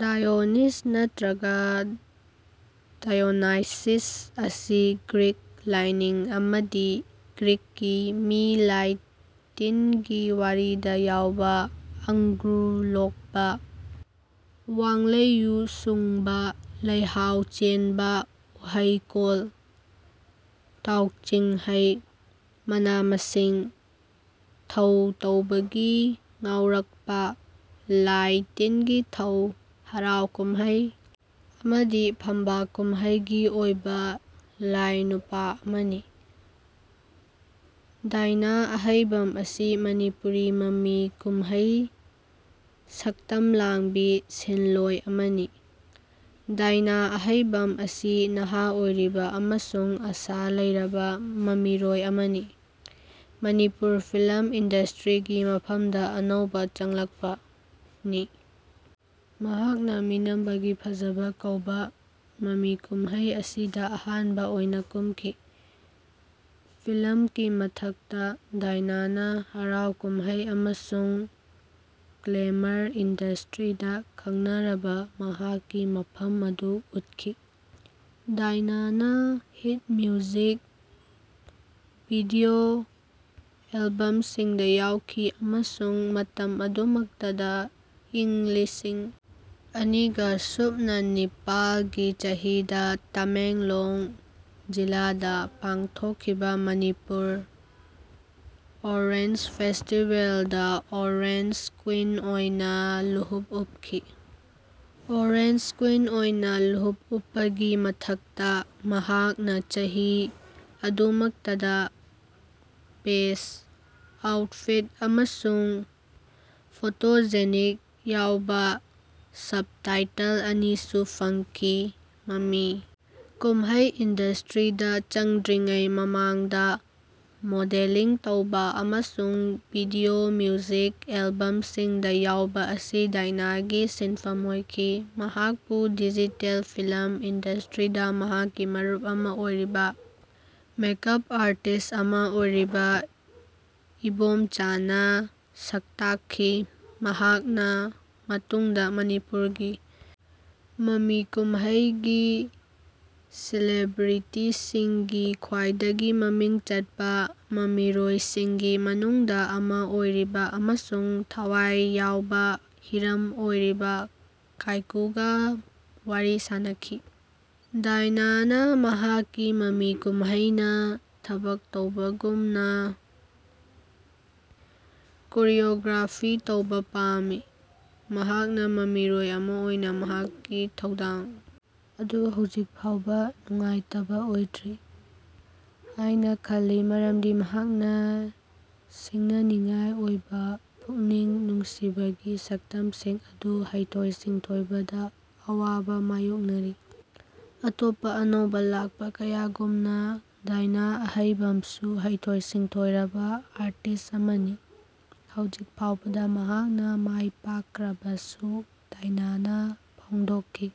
Dionysus ꯅꯠꯇ꯭ꯔꯒ diagnosis ꯑꯁꯤ Greek ꯂꯥꯢꯅꯤꯡ ꯑꯃꯗꯤ ꯒ꯭ꯔꯤꯛꯀꯤ ꯃꯤ ꯂꯥꯢ ꯇꯤꯟꯒꯤ ꯋꯥꯔꯤꯗ ꯌꯥꯎꯕ ꯑꯪꯒꯨꯔ ꯂꯣꯛꯄ, ꯋꯥꯡꯂꯩ ꯌꯨ ꯁꯨꯡꯕ, ꯂꯩꯍꯥꯎ ꯆꯦꯟꯕ, ꯎꯍꯩꯀꯣꯜ, ꯇꯥꯎꯆꯤꯡ ꯍꯩ, ꯃꯅꯥ ꯃꯁꯤꯡ, ꯊꯧ ꯇꯧꯕꯒꯤ ꯉꯥꯎꯔꯛꯄ, ꯂꯥꯢ ꯇꯤꯟꯒꯤ ꯊꯧ, ꯍꯔꯥꯎ ꯀꯨꯝꯍꯩ ꯑꯃꯗꯤ ꯐꯝꯄꯥꯛ ꯀꯨꯝꯍꯩ ꯒꯤ ꯑꯣꯢꯕ ꯂꯥꯢꯅꯨꯄꯥ ꯑꯃꯅꯤ꯫ ꯗꯥꯏꯅꯥ ꯑꯍꯩꯕꯝ ꯑꯁꯤ ꯃꯅꯤꯄꯨꯔꯤ ꯃꯃꯤ ꯀꯨꯝꯍꯩ ꯁꯛꯇꯝ ꯂꯥꯡꯕꯤ ꯁꯤꯟꯂꯣꯏ ꯑꯃꯅꯤ꯫ ꯗꯥꯏꯅꯥ ꯑꯍꯩꯕꯝ ꯑꯁꯤ ꯅꯍꯥ ꯑꯣꯏꯔꯤꯕ ꯑꯃꯁꯨꯡ ꯑꯥꯁꯥ ꯂꯩꯔꯕ ꯃꯃꯤꯔꯣꯏ ꯑꯃꯅꯤ, ꯃꯅꯤꯄꯨꯔ ꯐꯤꯂꯝ ꯏꯟꯗꯁꯇ꯭ꯔꯤꯒꯤ ꯃꯐꯝꯗ ꯑꯅꯧꯕ ꯆꯪꯂꯛꯄꯅꯤ꯫ ꯃꯍꯥꯛꯅ "ꯃꯤꯅꯝꯕꯒꯤ ꯐꯥꯖꯥꯕ" ꯀꯧꯕ ꯃꯃꯤ ꯀꯨꯝꯍꯩ ꯑꯁꯤꯗ ꯑꯍꯥꯟꯕ ꯑꯣꯏꯅ ꯀꯨꯝꯈꯤ꯫ ꯐꯤꯂꯝꯀꯤ ꯃꯊꯛꯇ ꯗꯥꯏꯅꯥꯅ ꯍꯔꯥꯎ-ꯀꯨꯝꯍꯩ ꯑꯃꯁꯨꯡ ꯒ꯭ꯂꯦꯃꯔ ꯏꯟꯗꯁꯇ꯭ꯔꯤꯗ ꯈꯪꯅꯔꯕ ꯃꯍꯥꯛꯀꯤ ꯃꯐꯝ ꯑꯗꯨ ꯎꯠꯈꯤ꯫ ꯗꯥꯏꯅꯥꯅ ꯍꯤꯠ ꯃ꯭ꯌꯨꯖꯤꯛ ꯚꯤꯗꯤꯑꯣ ꯑꯦꯜꯕꯝꯁꯤꯡꯗ ꯌꯥꯎꯈꯤ ꯑꯃꯁꯨꯡ ꯃꯇꯝ ꯑꯗꯨꯃꯛꯇꯗ ꯏꯪ ꯂꯤꯁꯤꯡ ꯑꯅꯤꯒꯥ ꯁꯨꯞꯅꯥ ꯅꯤꯄꯥꯜꯒꯤ ꯆꯍꯤꯗ ꯇꯥꯃꯦꯡꯂꯣꯡ ꯖꯤꯂꯥꯗ ꯄꯥꯡꯊꯣꯛꯈꯤꯕ ꯃꯅꯤꯄꯨꯔ ꯑꯣꯔꯦꯟꯖ ꯐꯦꯁꯇꯤꯕꯦꯜꯗ ꯑꯣꯔꯦꯟꯖ ꯀ꯭ꯋꯤꯟ ꯑꯣꯏꯅ ꯂꯨꯍꯨꯞ ꯎꯞꯈꯤ꯫ ꯑꯣꯔꯦꯟꯖ ꯀ꯭ꯋꯤꯟ ꯑꯣꯏꯅ ꯂꯨꯍꯨꯞ ꯎꯞꯄꯒꯤ ꯃꯊꯛꯇ, ꯃꯍꯥꯛꯅ ꯆꯍꯤ ꯑꯗꯨꯃꯛꯇꯗ ꯕꯦꯁ ꯑꯥꯎꯠꯐꯤꯠ ꯑꯃꯁꯨꯡ ꯐꯣꯇꯣꯖꯦꯅꯤꯛ ꯌꯥꯎꯕ ꯁꯕ-ꯇꯥꯏꯇꯜ ꯑꯅꯤꯁꯨ ꯐꯪꯈꯤ꯫ ꯃꯃꯤ ꯀꯨꯝꯍꯩ ꯏꯟꯗꯁꯇ꯭ꯔꯤꯗ ꯆꯪꯗ꯭ꯔꯤꯉꯩ ꯃꯃꯥꯡꯗ ꯃꯣꯗꯦꯂꯤꯡ ꯇꯧꯕ ꯑꯃꯁꯨꯡ ꯚꯤꯗꯤꯑꯣ ꯃ꯭ꯌꯨꯖꯤꯛ ꯑꯦꯜꯕꯝꯁꯤꯡꯗ ꯌꯥꯎꯕ ꯑꯁꯤ ꯗꯥꯏꯅꯥꯒꯤ ꯁꯤꯟꯐꯝ ꯑꯣꯏꯈꯤ꯫ ꯃꯍꯥꯛꯄꯨ ꯗꯤꯖꯤꯇꯦꯜ ꯐꯤꯂꯝ ꯏꯟꯗꯁꯇ꯭ꯔꯤꯗ ꯃꯍꯥꯛꯀꯤ ꯃꯔꯨꯞ ꯑꯃ ꯑꯣꯏꯔꯤꯕ ꯃꯦꯛ ꯑꯞ ꯑꯥꯔꯇꯤꯁ꯭ꯠ ꯑꯃ ꯑꯣꯏꯔꯤꯕ ꯏꯕꯣꯝꯆꯥꯅ ꯁꯛꯇꯥꯛꯈꯤ, ꯃꯍꯥꯛꯅ ꯃꯇꯨꯡꯗ ꯃꯅꯤꯄꯨꯔꯒꯤ ꯃꯃꯤ ꯀꯨꯝꯍꯩꯒꯤ ꯁꯦꯂꯤꯕ꯭ꯔꯤꯇꯤꯁꯤꯡꯒꯤ ꯈ꯭ꯋꯥꯏꯗꯒꯤ ꯃꯃꯤꯡ ꯆꯠꯄ ꯃꯃꯤꯔꯣꯏꯁꯤꯡꯒꯤ ꯃꯅꯨꯡꯗ ꯑꯃ ꯑꯣꯏꯔꯤꯕ ꯑꯃꯁꯨꯡ ꯊꯋꯥꯏ ꯌꯥꯎꯕ ꯍꯤꯔꯝ ꯑꯣꯏꯔꯤꯕ ꯀꯥꯏꯀꯨꯒ ꯋꯥꯔꯤ ꯁꯥꯟꯅꯈꯤ꯫ ꯗꯥꯏꯅꯥꯅ ꯃꯍꯥꯛꯀꯤ ꯃꯃꯤ ꯀꯨꯝꯍꯩꯅ ꯊꯕꯛ ꯇꯧꯕꯒꯨꯝꯅ ꯀꯣꯔꯤꯌꯣꯒ꯭ꯔꯥꯐꯤ ꯇꯧꯕ ꯄꯥꯝꯃꯤ꯫ ꯃꯍꯥꯛꯅ ꯃꯃꯤꯔꯣꯏ ꯑꯃ ꯑꯣꯏꯅ ꯃꯍꯥꯛꯀꯤ ꯊꯧꯗꯥꯡ ꯑꯗꯨ ꯍꯧꯖꯤꯛ ꯐꯥꯎꯕ ꯅꯨꯡꯉꯥꯏꯇꯕ ꯑꯣꯏꯗ꯭ꯔꯤ ꯍꯥꯏꯅ ꯈꯜꯂꯤ ꯃꯔꯝꯗꯤ ꯃꯍꯥꯛꯅ ꯁꯤꯡꯅꯅꯤꯡꯉꯥꯏ ꯑꯣꯏꯕ ꯄꯨꯛꯅꯤꯡ ꯅꯨꯡꯁꯤꯕꯒꯤ ꯁꯛꯇꯝꯁꯤꯡ ꯑꯗꯨ ꯍꯩꯊꯣꯏ-ꯁꯤꯡꯊꯣꯏꯕꯗ ꯑꯋꯥꯕ ꯃꯥꯌꯣꯛꯅꯔꯤ꯫ ꯑꯇꯣꯞꯄ ꯑꯅꯧꯕ ꯂꯥꯛꯄ ꯀꯌꯥꯒꯨꯝꯅ, ꯗꯥꯏꯅꯥ ꯑꯍꯩꯕꯝꯁꯨ ꯍꯩꯊꯣꯏ-ꯁꯤꯡꯊꯣꯏꯔꯕ ꯑꯥꯔꯇꯤꯁ ꯑꯃꯅꯤ꯫ ꯍꯧꯖꯤꯛ ꯐꯥꯎꯕꯗ ꯃꯍꯥꯛꯅ ꯃꯥꯏꯄꯥꯛꯈ꯭ꯔꯕꯁꯨ, ꯗꯥꯏꯅꯥꯅ ꯐꯣꯡꯗꯣꯛꯈꯤ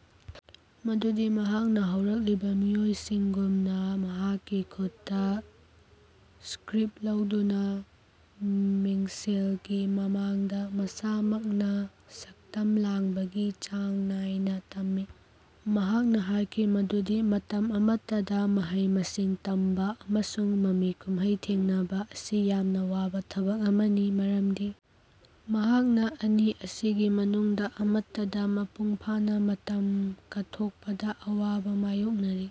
ꯃꯗꯨꯗꯤ ꯃꯍꯥꯛꯅ ꯍꯧꯔꯛꯂꯤꯕ ꯃꯤꯑꯣꯏꯁꯤꯡꯒꯨꯝꯅ ꯃꯍꯥꯛꯀꯤ ꯈꯨꯠꯇ ꯁ꯭ꯀ꯭ꯔꯤꯞ ꯂꯧꯗꯨꯅ ꯃꯤꯡꯁꯦꯜꯒꯤ ꯃꯃꯥꯡꯗ ꯃꯁꯥꯃꯛꯅ ꯁꯛꯇꯝ ꯂꯥꯡꯕꯒꯤ ꯆꯥꯡ ꯅꯥꯏꯅ ꯇꯝꯃꯤ꯫ ꯃꯍꯥꯛꯅ ꯍꯥꯏꯈꯤ ꯃꯗꯨꯗꯤ ꯃꯇꯝ ꯑꯃꯇꯗ ꯃꯍꯩ-ꯃꯁꯤꯡ ꯇꯝꯕ ꯑꯃꯁꯨꯡ ꯃꯃꯤ ꯀꯨꯝꯍꯩ ꯊꯦꯡꯅꯕ, ꯑꯁꯤ ꯌꯥꯝꯅ ꯋꯥꯕ ꯊꯕꯛ ꯑꯃꯅꯤ ꯃꯔꯝꯗꯤ ꯃꯍꯥꯛꯅ ꯑꯅꯤ ꯑꯁꯤꯒꯤ ꯃꯅꯨꯡꯗ ꯑꯃꯠꯇꯗ ꯃꯄꯨꯡ ꯐꯥꯅ ꯃꯇꯝ ꯀꯠꯊꯣꯛꯄꯗ ꯑꯋꯥꯕ ꯃꯥꯌꯣꯛꯅꯔꯤ꯫